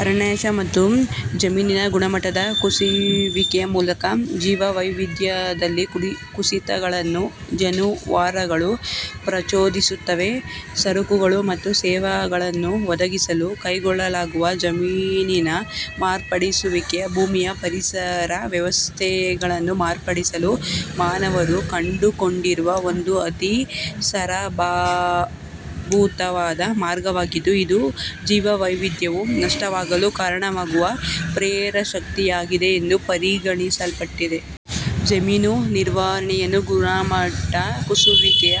ಅರಣ್ಯನಾಶ ಮತ್ತು ಜಮೀನಿನ ಗುಣಮಟ್ಟದ ಕುಸಿಯುವಿಕೆಯ ಮೂಲಕ, ಜೀವವೈವಿಧ್ಯದಲ್ಲಿನ ಕುಸಿತಗಳನ್ನೂ ಜಾನುವಾರುಗಳು ಪ್ರಚೋದಿಸುತ್ತಿವೆ. ಸರಕುಗಳು ಮತ್ತು ಸೇವೆಗಳನ್ನು ಒದಗಿಸಲು ಕೈಗೊಳ್ಳಲಾಗುವ ಜಮೀನಿನ ಮಾರ್ಪಡಿಸುವಿಕೆಯು ಭೂಮಿಯ ಪರಿಸರ ವ್ಯವಸ್ಥೆಗಳನ್ನು ಮಾರ್ಪಡಿಸಲು ಮಾನವರು ಕಂಡುಕೊಂಡಿರುವ ಒಂದು ಅತಿ ಸಾರಭೂತವಾದ ಮಾರ್ಗವಾಗಿದ್ದು, ಇದು ಜೀವವೈವಿಧ್ಯವು ನಷ್ಟವಾಗಲು ಕಾರಣವಾಗುವ ಪ್ರೇರಕಶಕ್ತಿಯಾಗಿದೆ ಎಂದು ಪರಿಗಣಿಸಲ್ಪಟ್ಟಿದೆ. ಜಮೀನು ನಿರ್ವಹಣೆಯನ್ನು ಗುಣಮಟ್ಟ ಕುಸಿಯುವಿಕೆಯ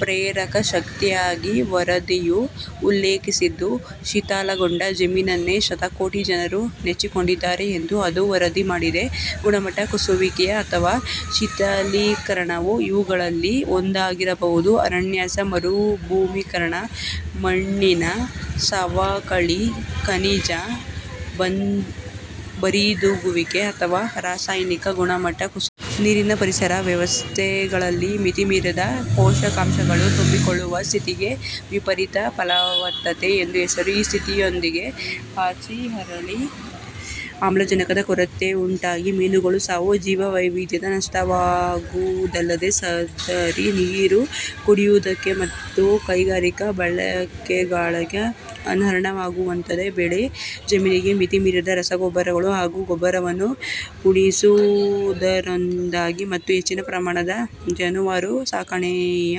ಪ್ರೇರಕ ಶಕ್ತಿಯಾಗಿ ವರದಿಯು ಉಲ್ಲೇಖಿಸಿದ್ದು, ಶಿಥಿಲಗೊಂಡ ಜಮೀನನ್ನೇ ಶತಕೋಟಿ ಜನರು ನೆಚ್ಚಿಕೊಂಡಿದ್ದಾರೆ ಎಂದು ಅದು ವರದಿ ಮಾಡಿದೆ. ಗುಣಮಟ್ಟ ಕುಸಿಯುವಿಕೆ ಅಥವಾ ಶಿಥಿಲೀಕರಣವು ಇವುಗಳಲ್ಲಿ ಒಂದಾಗಿರಬಹುದು: ಅರಣ್ಯನಾಶ, ಮರುಭೂಮೀಕರಣ, ಮಣ್ಣಿನ ಸವಕಳಿ, ಖನಿಜ ಬರಿದಾಗುವಿಕೆ, ಅಥವಾ ರಾಸಾಯನಿಕ ಗುಣಮಟ್ಟ ಕುಸಿತ. ನೀರಿನ ಪರಿಸರ ವ್ಯವಸ್ಥೆಗಳಲ್ಲಿ ಮಿತಿಮೀರಿದ ಪೋಷಕಾಂಶಗಳು ತುಂಬಿಕೊಳ್ಳುವ ಸ್ಥಿತಿಗೆ ವಿಪರೀತ ಫಲವತ್ತತೆ ಎಂದು ಹೆಸರು. ಈ ಸ್ಥಿತಿಯಿಂದಾಗಿ, ಪಾಚಿ ಅರಳಿ ಆಮ್ಲಜನಕದ ಕೊರತೆಯುಂಟಾಗಿ ಮೀನುಗಳ ಸಾವು, ಜೀವವೈವಿಧ್ಯದ ನಷ್ಟವಾಗುವುದಲ್ಲದೆ, ಸದರಿ ನೀರು ಕುಡಿಯುವುದಕ್ಕೆ ಮತ್ತು ಕೈಗಾರಿಕಾ ಬಳಕೆಗಳಿಗಾಗಿ ಅನರ್ಹವಾಗುವಂತಾಗುತ್ತದೆ. ಬೆಳೆ ಜಮೀನಿಗೆ ಮಿತಿಮೀರಿದ ರಸಗೊಬ್ಬರಗಳು ಹಾಗೂ ಗೊಬ್ಬರವನ್ನು ಉಣಿಸುವುದರಿಂದಾಗಿ ಮತ್ತು ಹೆಚ್ಚಿನ ಪ್ರಮಾಣದ ಜಾನುವಾರು ಸಾಕಣೆಯ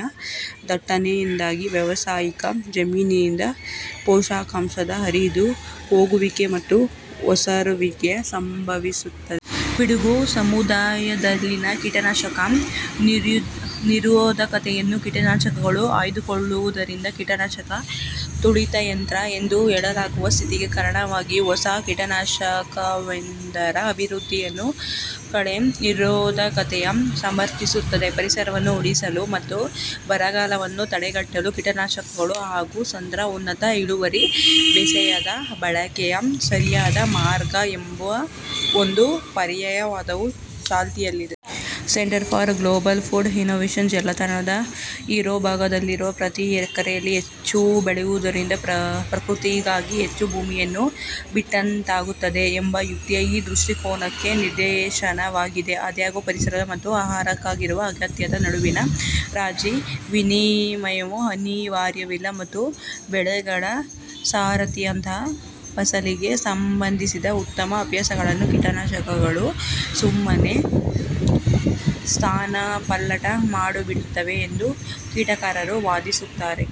ದಟ್ಟಣೆಯಿಂದಾಗಿ, ವ್ಯಾವಸಾಯಿಕ ಜಮೀನಿನಿಂದ ಪೋಷಕಾಂಶದ ಹರಿದು ಹೋಗುವಿಕೆ ಮತ್ತು ಒಸರುವಿಕೆಯು ಸಂಭವಿಸುತ್ತದೆ. ಪಿಡುಗು ಸಮುದಾಯದಲ್ಲಿನ ಕೀಟನಾಶಕ ನಿರೋಧಕತೆಯನ್ನು ಕೀಟನಾಶಕಗಳು ಆಯ್ದುಕೊಳ್ಳುವುದರಿಂದ 'ಕೀಟನಾಶಕ ತುಳಿತಯಂತ್ರ' ಎಂದು ಹೇಳಲಾಗುವ ಸ್ಥಿತಿಗೆ ಕಾರಣವಾಗಿ, ಹೊಸ ಕೀಟನಾಶಕವೊಂದರ ಅಭಿವೃದ್ಧಿಯನ್ನು ಕಳೆ ನಿರೋಧಕತೆಯು ಸಮರ್ಥಿಸುತ್ತದೆ. 'ಪರಿಸರವನ್ನು ಉಳಿಸಲು' ಮತ್ತು ಬರಗಾಲವನ್ನು ತಡೆಗಟ್ಟಲು ಕೀಟನಾಶಕಗಳು ಹಾಗೂ ಸಾಂದ್ರ ಉನ್ನತ ಇಳುವರಿಯ ಬೇಸಾಯದ ಬಳಕೆಯೇ ಸರಿಯಾದ ಮಾರ್ಗ ಎಂಬ ಒಂದು ಪರ್ಯಾಯ ವಾದವೂ ಚಾಲ್ತಿಯಲ್ಲಿದೆ. ಸೆಂಟರ್ ಫಾರ್ ಗ್ಲೋಬಲ್ ಫುಡ್ ಇಷ್ಯೂಸ್ನ ಜಾಲತಾಣದ ಶಿರೋಭಾಗದಲ್ಲಿರುವ 'ಪ್ರತಿ ಎಕರೆಯಲ್ಲಿ ಹೆಚ್ಚು ಬೆಳೆಯುವುದರಿಂದ ಪ್ರಕೃತಿಗಾಗಿ ಹೆಚ್ಚು ಭೂಮಿಯನ್ನು ಬಿಟ್ಟಂತಾಗುತ್ತದೆ' ಎಂಬ ಉಕ್ತಿಯು ಈ ದೃಷ್ಟಿಕೋನಕ್ಕೆ ನಿದರ್ಶನವಾಗಿದೆ. ಆದಾಗ್ಯೂ, ಪರಿಸರದ ಮತ್ತು ಆಹಾರಕ್ಕಾಗಿರುವ ಅಗತ್ಯದ ನಡುವಿನ ರಾಜಿ-ವಿನಿಮಯವು ಅನಿವಾರ್ಯವಲ್ಲ, ಮತ್ತು ಬೆಳೆಗಳ ಸರದಿಯಂಥ ಫಸಲಿಗೆ ಸಂಬಂಧಿಸಿದ ಉತ್ತಮ ಅಭ್ಯಾಸಗಳನ್ನು ಕೀಟನಾಶಕಗಳು ಸುಮ್ಮನೇ ಸ್ಥಾನಪಲ್ಲಟಮಾಡಿಬಿಡುತ್ತವೆ ಎಂದು ಟೀಕಾಕಾರರು ವಾದಿಸುತ್ತಾರೆ.